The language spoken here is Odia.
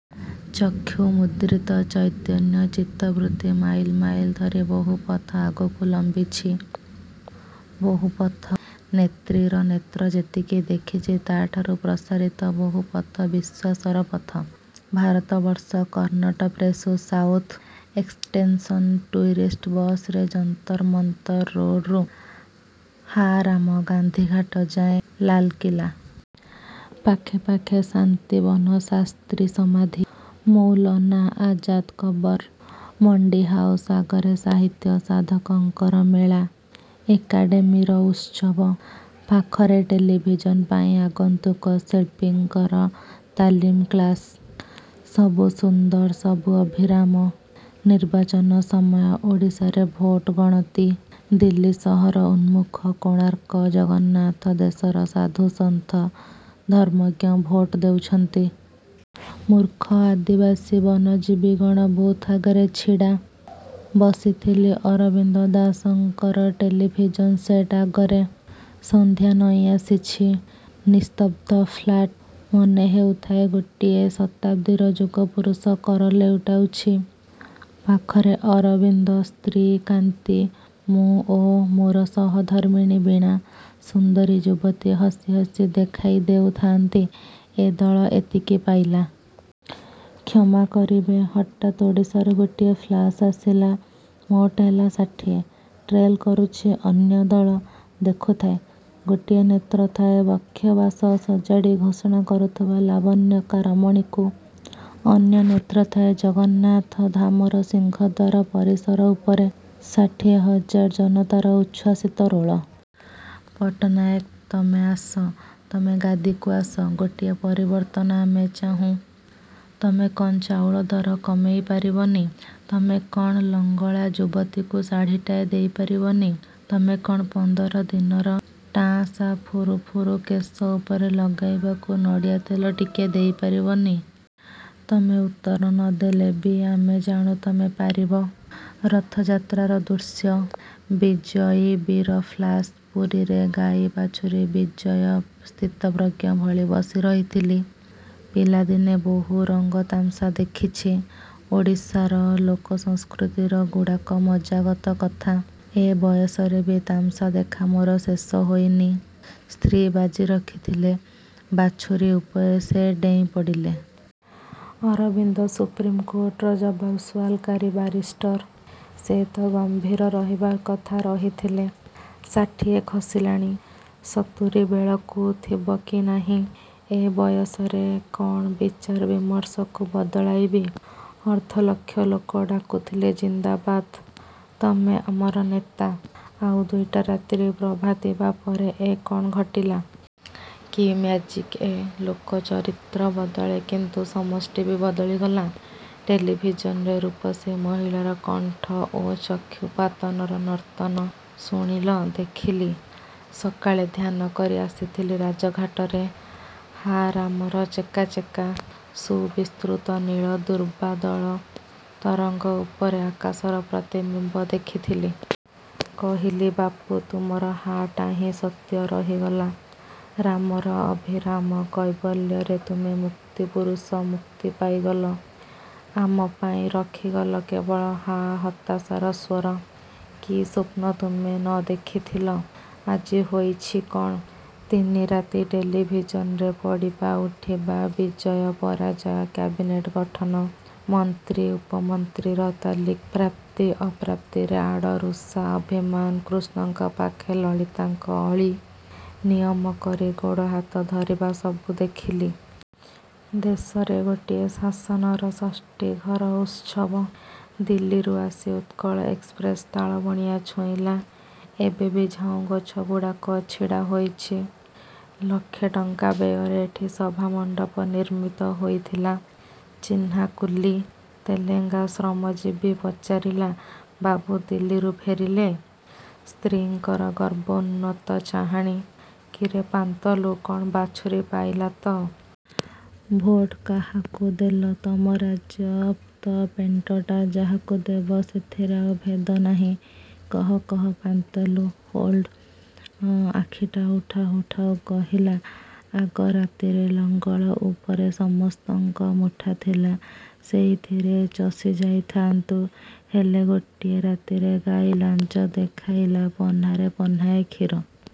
' ଚକ୍ଷୁ ମୁଦ୍ରିତ ଚୈତନ୍ୟ ଚିତ୍ତବୃତ୍ତି ମାଇଲ୍ ମାଇଲ୍ ଧରି ବହୁ ପଥ ଆଗକୁ ଲମ୍ବିଛି ବହୁ ପଥ... ନେତ୍ରୀର ନେତ୍ର ଯେତିକି ଦେଖିଛି, ତାହାଠାରୁ ପ୍ରସାରିତ ବହୁ ପଥ-ବିଶ୍ୱାସର ପଥ। ଭାରତବର୍ଷ କନ୍ନଟପ୍ରେସ୍ରୁ ସାଉଥ୍ ଏକ୍ସଟେନସନ୍…. ଟୁରିଷ୍ଟ ବସରେ ଯନ୍ତର ମନ୍ତର ରୋଡ଼ରୁ "ହା ରାମ" ଗାନ୍ଧିଘାଟ ଯାଏ–ଲାଲ୍ କିଲ୍ଲା... ପାଖେ ପାଖେ ଶାନ୍ତିବନ-ଶାସ୍ତ୍ରୀ ସମାଧି-ମୌଲନା ଆଜାଦ୍ କବର। ମଣ୍ଡି ହାଉସ୍ ଆଗରେ ସାହିତ୍ୟ ସାଧକଙ୍କର ମେଳା-ଏକାଡ଼େମୀର ଉତ୍ସବ। ପାଖରେ ଟେଲିଭିଜନ୍ ପାଇଁ ଆଗନ୍ତୁକ ଶିଳ୍ପୀଙ୍କର ତାଲିମ୍ କ୍ଳାସ୍। ସବୁ ସୁନ୍ଦର, ସବୁ ଅଭିରାମ। ନର୍ବାଚନ ସମୟ, ଓଡ଼ିଶାରେ ଭୋଟ ଗଣତି। ଦିଲ୍ଲୀ ସହର ଉନ୍ମୁଖ... କୋଣାର୍କ, ଜଗନ୍ନାଥ ଦେଶର ସାଧୁ ସନ୍ଥ, ଧର୍ମଜ୍ଞ ଭୋଟ ଦେଉଛନ୍ତି। ମୂର୍ଖ ଆଦିବାସୀ ବନଜୀବିଗଣ ବୁଥ୍ ଆଗରେ ଛିଡ଼ା। ବସିଥିଲି ଅରବିନ୍ଦ ଦାସଙ୍କର ଟେଲିଭଜନ ସେଟ୍ ଆଗରେ। ସନ୍ଧ୍ୟା ନଇଁଆସିଛି। ନିସ୍ତବ୍ଧ ଫ୍ଲାଟ୍। ମନେହେଉଥାଏ ଗୋଟାଏ ଶତାବ୍ଦୀର ଯୁଗପୁରୁଷ କର ଲେଉଟାଉଛି। ପଖରେ ଅରବିନ୍ଦ, ସ୍ତ୍ରୀ କାନ୍ତି, ମୁଁ ଓ ମୋର ସହଧର୍ମିଣୀ ବୀଣା.. ସୁନ୍ଦରୀ ଯୁବତି ହସି ହସି ଦେଖାଇଦେଉଥାନ୍ତି–ଏ ଦଳ ଏତିକି ପାଇଲା। କ୍ଷମା କରିବେ, ହଠାତ୍ ଓଡ଼ିଶାରୁ ଗୋଟାଏ ଫ୍ଲାସ୍ ଆସିଲା। ମୋଟ ହେଲା ଷାଠିଏ। ଟ୍ରେଲ୍ କରୁଛି ଅନ୍ୟ ଦଳ। ଦେଖୁଥାଏ। ଗୋଟାଏ ନେତ୍ର ଥାଏ ବକ୍ଷବାସ ସଜାଡ଼ି ଘୋଷଣା କରୁଥିବା ଲବଣ୍ୟିକା ରମଣୀକୁ, ଅନ୍ୟ ନେତ୍ର ଥାଏ ଜଗନ୍ନାଥ ଧାମର ସିଂହଦ୍ଵାର ପରିସର ଉପରେ। ଷାଠିଏ ହଜାର ଜନତାର ଉଚ୍ଛ୍ଵସିତ ରୋଳ…. ପଟ୍ଟନାୟକ, ତମେ ଆସ, ତମେ ଗାଦିକୁ ଆସ; ଗୋଟାଏ ପରିବର୍ତ୍ତନ ଆମେ ଚାହୁଁ। ତମେ କଅଣ ଚାଉଳ ଦର କମେଇ ପାରିବନି? ତମେ କଅଣ ଲଙ୍ଗଳା ଯୁବତୀକୁ ଶାଢ଼ିଟାଏ ଦେଇପାରିବନି? ତମେ କଅଣ ପନ୍ଦର ଦିନର ଟାଆଁସା ଫରୁ-ଫୁରୁ କେଶ ଉପରେ ଲଗାଇବାକୁ ନଡ଼ିଆତେଲ ଟିକିଏ ଦେଇ ପାରିବନି? ତମେ ଉତ୍ତର ନ ଦେଲେ ବି ଆମେ ଜାଣୁ ତମେ ପାରିବ। ରଥଯାତ୍ରାର ଦୃଶ୍ୟ… ବିଜୟୀ ବୀର.. ଫ୍ଲାସ୍…. ପୁରୀରେ ଗାଈ ବାଛୁରୀ ବିଜୟ…. ସ୍ଥିତପ୍ରଜ୍ଞ ଭଳି ବସିରହିଥିଲି। ପିଲାଦିନେ ବହୁ ରଙ୍ଗ ତାମସା ଦେଖିଛି। ଓଡ଼ିଶାର ଲୋକ-ସଂସ୍କୃତିର ଏଗୁଡ଼ାକ ମଜ୍ଜାଗତ କଥା। ଏ ବୟସରେ ବି ତାମସା ଦେଖା ମୋର ଶେଷ ହୋଇନି… ସ୍ତ୍ରୀ ବାଜି ରଖିଥିଲେ ବାଛୁରୀ ଉପରେ… ସେ ଡେଇଁପଡ଼ିଲେ। ଅରବିନ୍ଦ ସୁପ୍ରିମ୍ କୋର୍ଟର ଜବାବସୁଆଲକାରୀ ବାରିଷ୍ଟର। ସେ ତ ଗମ୍ଭୀର ରହିବାର କଥା, ରହିଥିଲେ। ଷାଠିଏ ଖସିଲାଣି। ସତୁରୀବେଳକୁ ଥିବ କି ନାହିଁ। ଏ ବୟସରେ କଅଣ ବିଚାର ବିମର୍ଷକୁ ବଦଳାଇବି? ଅର୍ଦ୍ଧ ଲକ୍ଷ ଲୋକ ଡାକୁଥିଲେ ଜିନ୍ଦାବାଦ। ତମେ ଆମର ନେତା….. ଆଉ ଦୁଇଟା ରାତ୍ରି ପ୍ରଭାତିବା ପରେ ଏ କଅଣ ଘଟିଲା? କି ମ୍ୟାଜିକ୍ ଏ? ଲୋକ-ଚରିତ୍ର ବଦଳେ; କିନ୍ତୁ ସମଷ୍ଟି ବି ବଦଳିଗଲା? ଟେଲିଭିଜନରେ ରୂପସୀ ମହିଳାର କଣ୍ଠ ଓ ଚକ୍ଷୁପତାର ନର୍ତ୍ତନ ଶୁଣିଲ, ଦେଖିଲି। ସକାଳେ ଧ୍ୟାନ କରି ଆସିଥିଲି ରାଜଘାଟରେ। 'ହାରାମ'ର ଚେକା ଚେକା ସୁବିସ୍ତୃତ ନୀଳ ଦୁର୍ବାଦଳ ତରଙ୍ଗ ଉପରେ ଆକାଶର ପ୍ରତିବିମ୍ବ ଦେଖିଥିଲି। କହିଲି–ବାପୁ, ତୁମର 'ହା'ଟା ହିଁ ସତ୍ୟ ରହିଗଲା। ରାମର ଅଭିରାମ କୈବଲ୍ୟରେ ତୁମେ ମୁକ୍ତ-ପୁରୁଷ ମୁକ୍ତି ପାଇଗଲ। ଆମପାଇଁ ରଖିଗଲ କେବଳ ହା-ହତାଶାର ସ୍ୱର। କି ସ୍ଵପ୍ନ ତୁମେ ନ ଦେଖିଥିଲ? ଆଜି ହୋଇଛି କଅଣ? ତିନି ରାତି ଟେଲିଭିଜନରେ ପଡ଼ିବା, ଉଠିବା, ବିଜୟ, ପରାଜୟ, କାବିନେଟ୍ ଗଠନ, ମନ୍ତ୍ରୀ ଉପମନ୍ତ୍ରୀର ତାଲିକା, ପ୍ରାପ୍ତି ଅପ୍ରାପ୍ତିରେ ଆଡ଼-ରୁଷା, ଅଭିମାନ, କୃଷ୍ଣଙ୍କପାଖେ ଲଳିତାଙ୍କ ଅଳି, ନିୟମକରି ଗୋଡ଼ ହାତ ଧରିବା ସବୁ ଦେଖିଲି। ଦେଶରେ ଗୋଟାଏ ଶାସନର ଷଷ୍ଠୀଘର ଉତ୍ସବ। ଦିଲ୍ଲୀରୁ ଆସି ଉତ୍କଳ ଏକ୍ସପ୍ରେସ୍ ତାଳବଣିଆ ଛୁଇଁଲା। ଏବେ ବି ଝାଉଁଗଛଗୁଡ଼ାକ ଛିଡ଼ା ହୋଇଛି। ଲକ୍ଷେ ଟଙ୍କା ବ୍ୟୟରେ ଏଇଠି ସଭାମଣ୍ଡପ ନିର୍ମିତ ହୋଇଥିଲା। ଚିହ୍ନା କୁଲୀ, ତେଲେଙ୍ଗା ଶ୍ରମଜୀବୀ ପଚାରିଲା–ବାବୁ, ଦିଲ୍ଲୀରୁ ଫେରିଲେ? ସ୍ତ୍ରୀଙ୍କର ଗର୍ବୋନ୍ନତ ଚାହାଣି… କିରେ ପାନ୍ତଲୁ କଅଣ ବାଛୁରୀ ପାଇଲା ତ? ଭୋଟ କାହାକୁ ଦେଲ? ତମ ରାଜ୍ୟ ତ ପେଣ୍ଟ୍କଟା, ଯାହାକୁ ଦେବ ସେଥିରେ ଆଉ ଭେଦନାହିଁ। କହ, କହ– ପାନ୍ତଲୁ ହୋଲ୍ଡ଼ ଆଖିଟା ଉଠାଉ ଉଠାଉ କହିଲା–ଆଗ ରାତିରେ ଲଙ୍ଗଳ ଉପରେ ସମସ୍ତଙ୍କ ମୁଠା ଥିଲା, ସେଇଥିରେ ଚଷିଯାଇଥାନ୍ତୁ। ହେଲେ ଗୋଟାଏ ରାତି ଭିତରେ ଗାଈ ଲାଞ୍ଜ ଦେଖାଇଲା; ପହ୍ନାରେ ପହ୍ନାଏ କ୍ଷୀର…